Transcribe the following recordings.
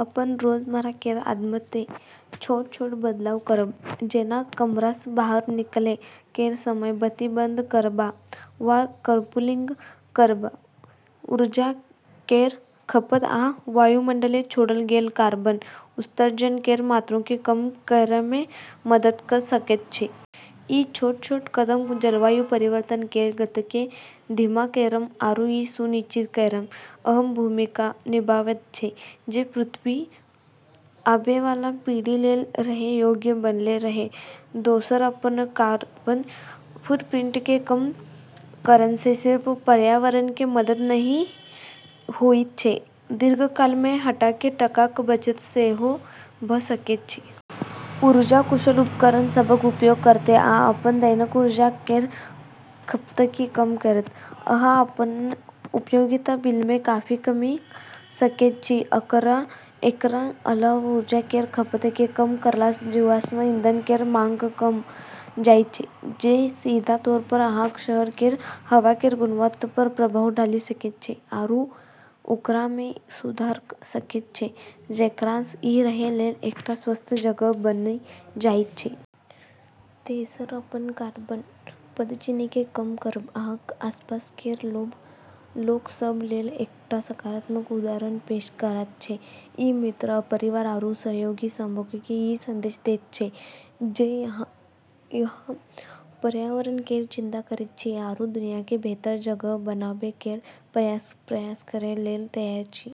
अपन रोजमर्रा केर आदतमे छोट-छोट बदलाव करब, जेना कमरासँ बाहर निकलै केर समय बत्ती बंद करब वा कारपूलिंग करब, ऊर्जा केर खपत आ वायुमंडलमे छोड़ल गेल कार्बन उत्सर्जन केर मात्राकेँ कम करैमे मदद कऽ सकैत छै। ई छोट-छोट कदम जलवायु परिवर्तन केर गतिकेँ धीमा करैमे आरू ई सुनिश्चित करैमे अहम भूमिका निभाबैत छै जे पृथ्वी आबैवाला पीढ़ी लेल रहै योग्य बनल रहै। दोसर, अपन कार्बन फुटप्रिंटकेँ कम करैसँ सिर्फ पर्यावरणकेँ मदद नहि होइत छै - दीर्घकालमे अहाँकेँ टकाक बचत सेहो भऽ सकैत छै। ऊर्जा कुशल उपकरण सभक उपयोग करैत आ अपन दैनिक ऊर्जा केर खपतकेँ कम करैत, अहाँ अपन उपयोगिता बिलमे काफी कमी कऽ सकैत छी। एकरा अलावा ऊर्जा केर खपतकेँ कम करलासँ जीवाश्म ईंधन केर माँग कम भऽ जाइत छै, जे सीधा तौरपर अहाँक शहर केर हवा केर गुणवत्तापर प्रभाव डालि सकैत छै आरू ओकरामे सुधार कऽ सकैत छै, जेकरासँ ई रहै लेल एकटा स्वस्थ जगह बनि जाइत छै। तेसर, अपन कार्बन पदचिह्नकेँ कम करब अहाँक आसपास केर लोक सभ लेल एकटा सकारात्मक उदाहरण पेश करैत छै - ई मित्र, परिवार, आरू सहयोगी सभकेँ ई संदेश दैत छै जे अहाँ पर्यावरण केर चिंता करैत छी आरू दुनियाकेँ बेहतर जगह बनाबै केर प्रयास करै लेल तैयार छी।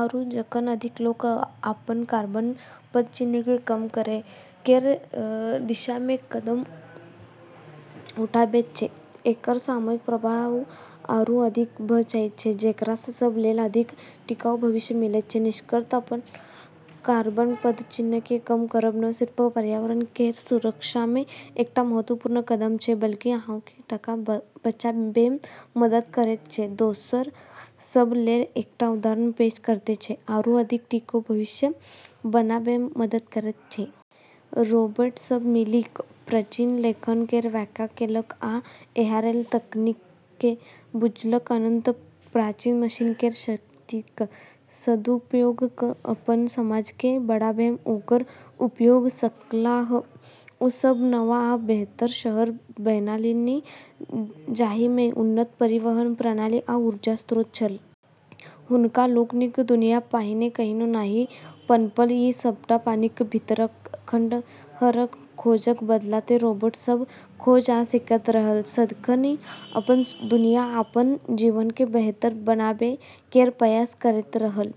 आरू, जखन अधिक लोक अपन कार्बन पदचिह्नकेँ कम करै केर दिशामे कदम उठाबैत छै, तऽ एकर सामूहिक प्रभाव आरू अधिक भऽ जाइत छै, जेकरासँ सब लेल अधिक टिकाऊ भविष्य मिलैत छै। निष्कर्षतः, अपन कार्बन पदचिह्नकेँ कम करब न सिर्फ पर्यावरण केर सुरक्षामे एकटा महत्वपूर्ण कदम छै बल्कि अहाँकेँ टका बचाबैमे मदद करैत छै, दोसर सभ लेल एकटा उदाहरण पेश करैत छै आरू अधिक टिकाऊ भविष्य बनाबैमे मदद करैत छै। रोबोट सभ मिलि कऽ प्राचीन लेखन केर व्याख्या केलक आ हेराएल तकनीककेँ बुझलक। अन्ततः प्राचीन मशीन केर शक्तिक सदुपयोग कऽ अपन समाजकेँ बढ़ाबैमे ओकर उपयोग कऽ सकलाह। ओ सब नव आ बेहतर शहर बनौलनि, जाहिमे उन्नत परिवहन प्रणाली आ ऊर्जा स्रोत छल। हुनका लोकनिक दुनिया पहिने कहियो नहि पनपल, ई सबटा पानिक भीतरक खंडहरक खोजक बदौलत। रोबोट सब खोज आ सीखैत रहल, सदिखन अपन दुनिया आ अपन जीवनकेँ बेहतर बनाबै केर प्रयास करैत रहल।